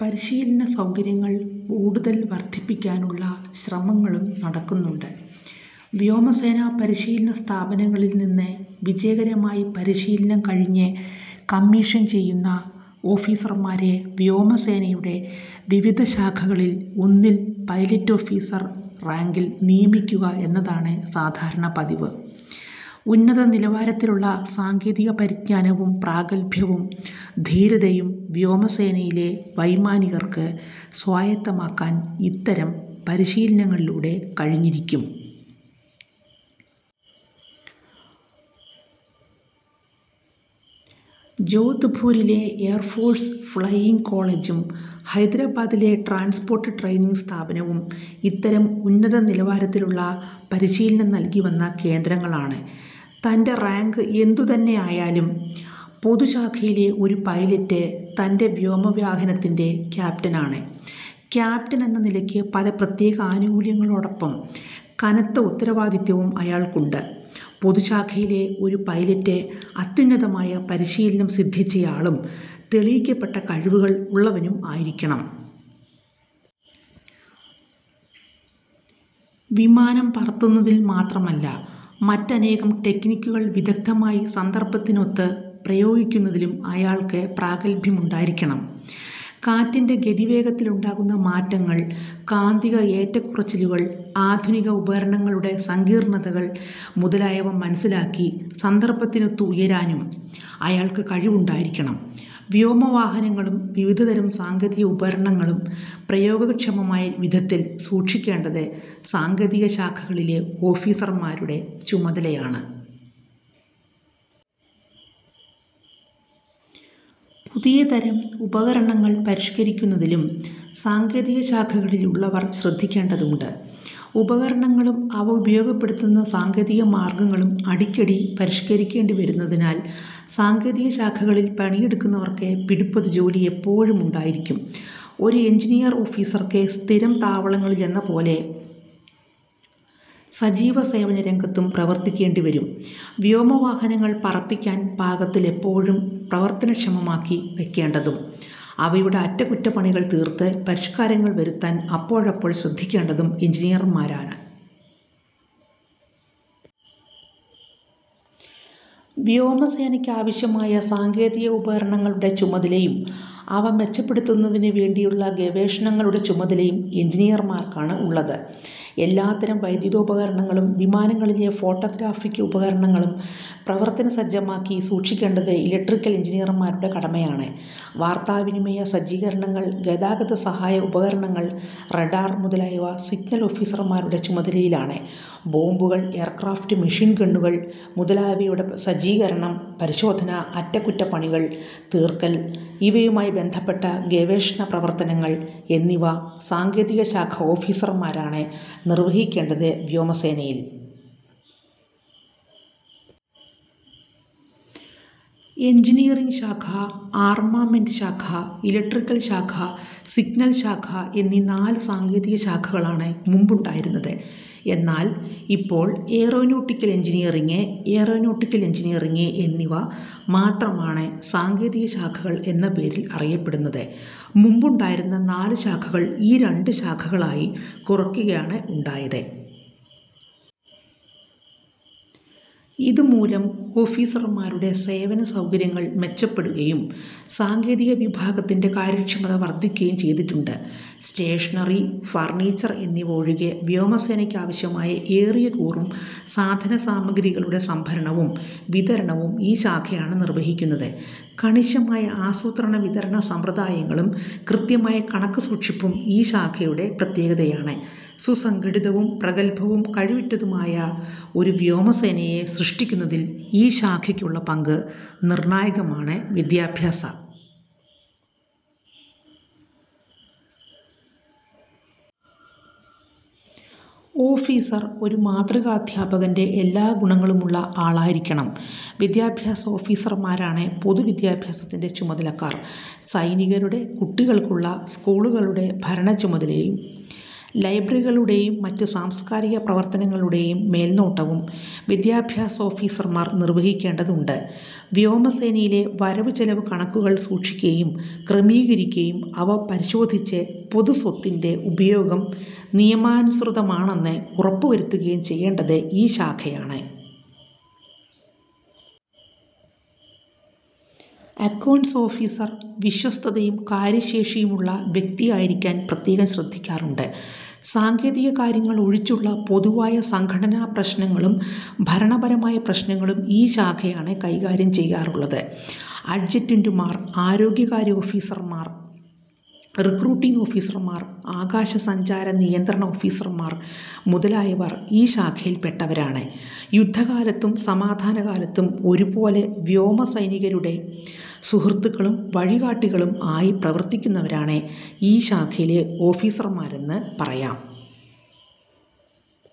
പരിശീലന സൗകര്യങ്ങൾ കൂടുതൽ വർധിപ്പിക്കാനുള്ള ശ്രമങ്ങളും നടക്കുന്നുണ്ട്. വ്യോമസേനാ പരിശീലന സ്ഥാപനങ്ങളിൽ നിന്ന് വിജയകരമായി പരിശീലനം കഴിഞ്ഞ് കമ്മീഷൻ ചെയ്യുന്ന ഓഫീസർമാരെ വ്യോമസേനയുടെ വിവിധ ശാഖകളിൽ ഒന്നിൽ പൈലറ്റ് ഓഫീസർ റാങ്കിൽ നിയമിക്കുക എന്നതാണ് സാധാരണ പതിവ്. ഉന്നത നിലവാരത്തിലുള്ള സാങ്കേതിക പരിജ്ഞാനവും പ്രാഗൽഭ്യവും ധീരതയും വ്യോമസേനയിലെ വൈമാനികർക്ക് സ്വായത്തമാക്കാൻ ഇത്തരം പരിശീലനങ്ങളിലൂടെ കഴിഞ്ഞിരിക്കും. ജോധ്പൂരിലെ എയർഫോഴ്സ് ഫ്ലൈയിങ് കോളേജും ഹൈദരാബാദിലെ ട്രാൻസ്പോർട്ട് ട്രെയിനിങ് സ്ഥാപനവും ഇത്തരം ഉന്നത നിലവാരത്തിലുള്ള പരിശീലനം നൽകിവന്ന കേന്ദ്രങ്ങളാണ്. തൻ്റെ റാങ്ക് എന്തുതന്നെ ആയാലും പൊതു ശാഖയിലെ ഒരു പൈലറ്റ് തൻ്റെ വ്യോമവാഹനത്തിൻ്റെ ക്യാപ്റ്റനാണ്. ക്യാപ്റ്റനെന്ന നിലയ്ക്ക് പല പ്രത്യേക ആനുകൂല്യങ്ങളോടൊപ്പം കനത്ത ഉത്തരവാദിത്തവും അയാൾക്കുണ്ട്. പൊതുശാഖയിലെ ഒരു പൈലറ്റ് അത്യുന്നതമായ പരിശീലനം സിദ്ധിച്ചയാളും തെളിയിക്കപ്പെട്ട കഴിവുകൾ ഉള്ളവനും ആയിരിക്കണം. വിമാനം പറത്തുന്നതിൽ മാത്രമല്ല, മറ്റനേകം ടെക്നിക്കുകൾ വിദഗ്ദ്ധമായി സന്ദർഭത്തിനൊത്ത് പ്രയോഗിക്കുന്നതിലും അയാൾക്ക് പ്രാഗൽഭ്യം ഉണ്ടായിരിക്കണം. കാറ്റിൻ്റെ ഗതിവേഗത്തിലുണ്ടാകുന്ന മാറ്റങ്ങൾ, കാന്തിക ഏറ്റക്കുറച്ചിലുകൾ, ആധുനിക ഉപകരണങ്ങളുടെ സങ്കീർണതകൾ മുതലായവ മനസ്സിലാക്കി സന്ദർഭത്തിനൊത്തുയരാനും അയാൾക്ക് കഴിവുണ്ടായിരിക്കണം. വ്യോമവാഹനങ്ങളും വിവിധതരം സാങ്കേതിക ഉപകരണങ്ങളും പ്രയോഗക്ഷമമായ വിധത്തിൽ സൂക്ഷിക്കേണ്ടത് സാങ്കേതിക ശാഖകളിലെ ഓഫീസർമാരുടെ ചുമതലയാണ്. പുതിയതരം ഉപകരണങ്ങൾ പരിഷ്കരിക്കുന്നതിലും സാങ്കേതിക ശാഖകളിലുള്ളവർ ശ്രദ്ധിക്കേണ്ടതുണ്ട്. ഉപകരണങ്ങളും അവ ഉപയോഗപ്പെടുത്തുന്ന സാങ്കേതിക മാർഗങ്ങളും അടിക്കടി പരിഷ്കരിക്കേണ്ടി വരുന്നതിനാൽ സാങ്കേതിക ശാഖകളിൽ പണിയെടുക്കുന്നവർക്ക് പിടിപ്പതു ജോലി എപ്പോഴും ഉണ്ടായിരിക്കും. ഒരു എൻജിനീയർ ഓഫീസർക്ക് സ്ഥിരം താവളങ്ങളിലെന്നപോലെ സജീവ സേവന രംഗത്തും പ്രവർത്തിക്കേണ്ടി വരും. വ്യോമവാഹനങ്ങൾ പറപ്പിക്കാൻ പാകത്തിൽ എപ്പോഴും പ്രവർത്തനക്ഷമമാക്കി വെക്കേണ്ടതും, അവയുടെ അറ്റകുറ്റപ്പണികൾ തീർത്ത് പരിഷ്കാരങ്ങൾ വരുത്താൻ അപ്പോഴപ്പോൾ ശ്രദ്ധിക്കേണ്ടതും എൻജിനീയർമാരാണ്. വ്യോമസേനയ്ക്കാവശ്യമായ സാങ്കേതിക ഉപകരണങ്ങളുടെ ചുമതലയും അവ മെച്ചപ്പെടുത്തുന്നതിനു വേണ്ടിയുള്ള ഗവേഷണങ്ങളുടെ ചുമതലയും എൻജിനീയർമാർക്കാണുള്ളത്. എല്ലാത്തരം വൈദ്യുതോപകരണങ്ങളും വിമാനങ്ങളിലെ ഫോട്ടോഗ്രാഫിക്ക് ഉപകരണങ്ങളും പ്രവർത്തനസജ്ജമായി സൂക്ഷിക്കേണ്ടത് ഇലക്ട്രിക്കൽ എൻജിനീയർമാരുടെ കടമയാണ്. വാർത്താവിനിമയ സജ്ജീകരണങ്ങൾ, ഗതാഗത സഹായകോപകരണങ്ങൾ, റഡാർ മുതലായവ സിഗ്നൽ ഓഫീസർമാരുടെ ചുമതലയിലാണ്. ബോംബുകൾ, എയർക്രാഫ്റ്റ് മെഷീൻ ഗണ്ണുകൾ മുതലായവയുടെ സജ്ജീകരണം, പരിശോധന, അറ്റകുറ്റപ്പണികൾ തീർക്കൽ, ഇവയുമായി ബന്ധപ്പെട്ട ഗവേഷണ പ്രവർത്തനങ്ങൾ എന്നിവ സാങ്കേതിക ശാഖാ ഓഫീസർമാരാണ് നിർവഹിക്കേണ്ടത്. വ്യോമസേനയിൽ എൻജിനീയറിങ് ശാഖ, ആർമമെന്റ് ശാഖ, ഇലക്ട്രിക്കൽ ശാഖ, സിഗ്നൽ ശാഖ എന്നീ നാല് സാങ്കേതിക ശാഖകളാണ് മുമ്പുണ്ടായിരുന്നത്. എന്നാൽ ഇപ്പോൾ എയ്റോനോട്ടിക്കൽ എൻജിനീയറിങ്, എയ്റോനോട്ടിക്കൽ എൻജിനീയറിങ് എന്നിവ മാത്രമാണ് സാങ്കേതിക ശാഖകൾ എന്ന പേരിൽ അറിയപ്പെടുന്നത്. മുമ്പുണ്ടായിരുന്ന നാല് ശാഖകൾ ഈ രണ്ട് ശാഖകളായി കുറയ്ക്കുകയാണുണ്ടായത്. ഇതുമൂലം ഓഫീസർമാരുടെ സേവന സൗകര്യങ്ങൾ മെച്ചപ്പെടുകയും സാങ്കേതിക വിഭാഗത്തിൻ്റെ കാര്യക്ഷമത വർധിക്കുകയും ചെയ്തിട്ടുണ്ട്. സ്റ്റേഷനറി, ഫർണീച്ചർ എന്നിവ ഒഴികെ വ്യോമസേനയ്ക്കാവശ്യമായ ഏറിയകൂറും സാധന സാമഗ്രികളുടെ സംഭരണവും വിതരണവും ഈ ശാഖയാണ് നിർവഹിക്കുന്നത്. കണിശമായ ആസൂത്രണ വിതരണ സമ്പ്രദായങ്ങളും കൃത്യമായ കണക്കുസൂക്ഷിപ്പും ഈ ശാഖയുടെ പ്രത്യേകതയാണ്. സുസംഘടിതവും പ്രഗൽഭവും കഴിവുറ്റതുമായ ഒരു വ്യോമസേനയെ സൃഷ്ടിക്കുന്നതിൽ ഈ ശാഖയ്ക്കുള്ള പങ്ക് നിർണായകമാണ്. വിദ്യാഭ്യാസ ഓഫീസർ ഒരു മാതൃകാധ്യാപകൻ്റെ എല്ലാ ഗുണങ്ങളുമുള്ള ആളായിരിക്കണം. വിദ്യാഭ്യാസ ഓഫീസർമാരാണ് പൊതു വിദ്യാഭ്യാസത്തിൻ്റെ ചുമതലക്കാർ. സൈനികരുടെ കുട്ടികൾക്കുള്ള സ്കൂളുകളുടെ ഭരണച്ചുമതലയും ലൈബ്രറികളുടെയും മറ്റു സാംസ്കാരിക പ്രവർത്തനങ്ങളുടെയും മേൽനോട്ടവും വിദ്യാഭ്യാസ ഓഫീസർമാർ നിർവഹിക്കേണ്ടതുണ്ട്. വ്യോമസേനയിലെ വരവുചെലവ് കണക്കുകൾ സൂക്ഷിക്കുകയും ക്രമീകരിക്കുകയും അവ പരിശോധിച്ച് പൊതു സ്വത്തിൻ്റെ ഉപയോഗം ന്യായാനുസൃതമാണെന്ന് ഉറപ്പുവരുത്തുകയും ചെയ്യേണ്ടത് ഈ ശാഖയാണ്. അക്കൗണ്ട്സ് ഓഫീസർ വിശ്വസ്തതയും കാര്യശേഷിയുമുള്ള വ്യക്തിയായിരിക്കാൻ പ്രത്യേകം ശ്രദ്ധിക്കാറുണ്ട്. സാങ്കേതിക കാര്യങ്ങൾ ഒഴിച്ചുള്ള പൊതുവായ സംഘടനാ പ്രശ്നങ്ങളും ഭരണപരമായ പ്രശ്നങ്ങളും ഈ ശാഖയാണ് കൈകാര്യം ചെയ്യാറുള്ളത്. അഡ്ജുറ്റന്റുമാർ, ആരോഗ്യകാര്യ ഓഫീസർമാർ, റിക്രൂട്ടിങ് ഓഫീസർമാർ, ആകാശ സഞ്ചാര നിയന്ത്രണ ഓഫീസർമാർ മുതലായവർ ഈ ശാഖയിൽപ്പെട്ടവരാണ്. യുദ്ധകാലത്തും സമാധാനകാലത്തും ഒരുപോലെ വ്യോമസൈനികരുടെ സുഹൃത്തുക്കളും വഴികാട്ടികളും ആയി പ്രവർത്തിക്കുന്നവരാണ് ഈ ശാഖയിലെ ഓഫീസർമാരെന്ന് പറയാം.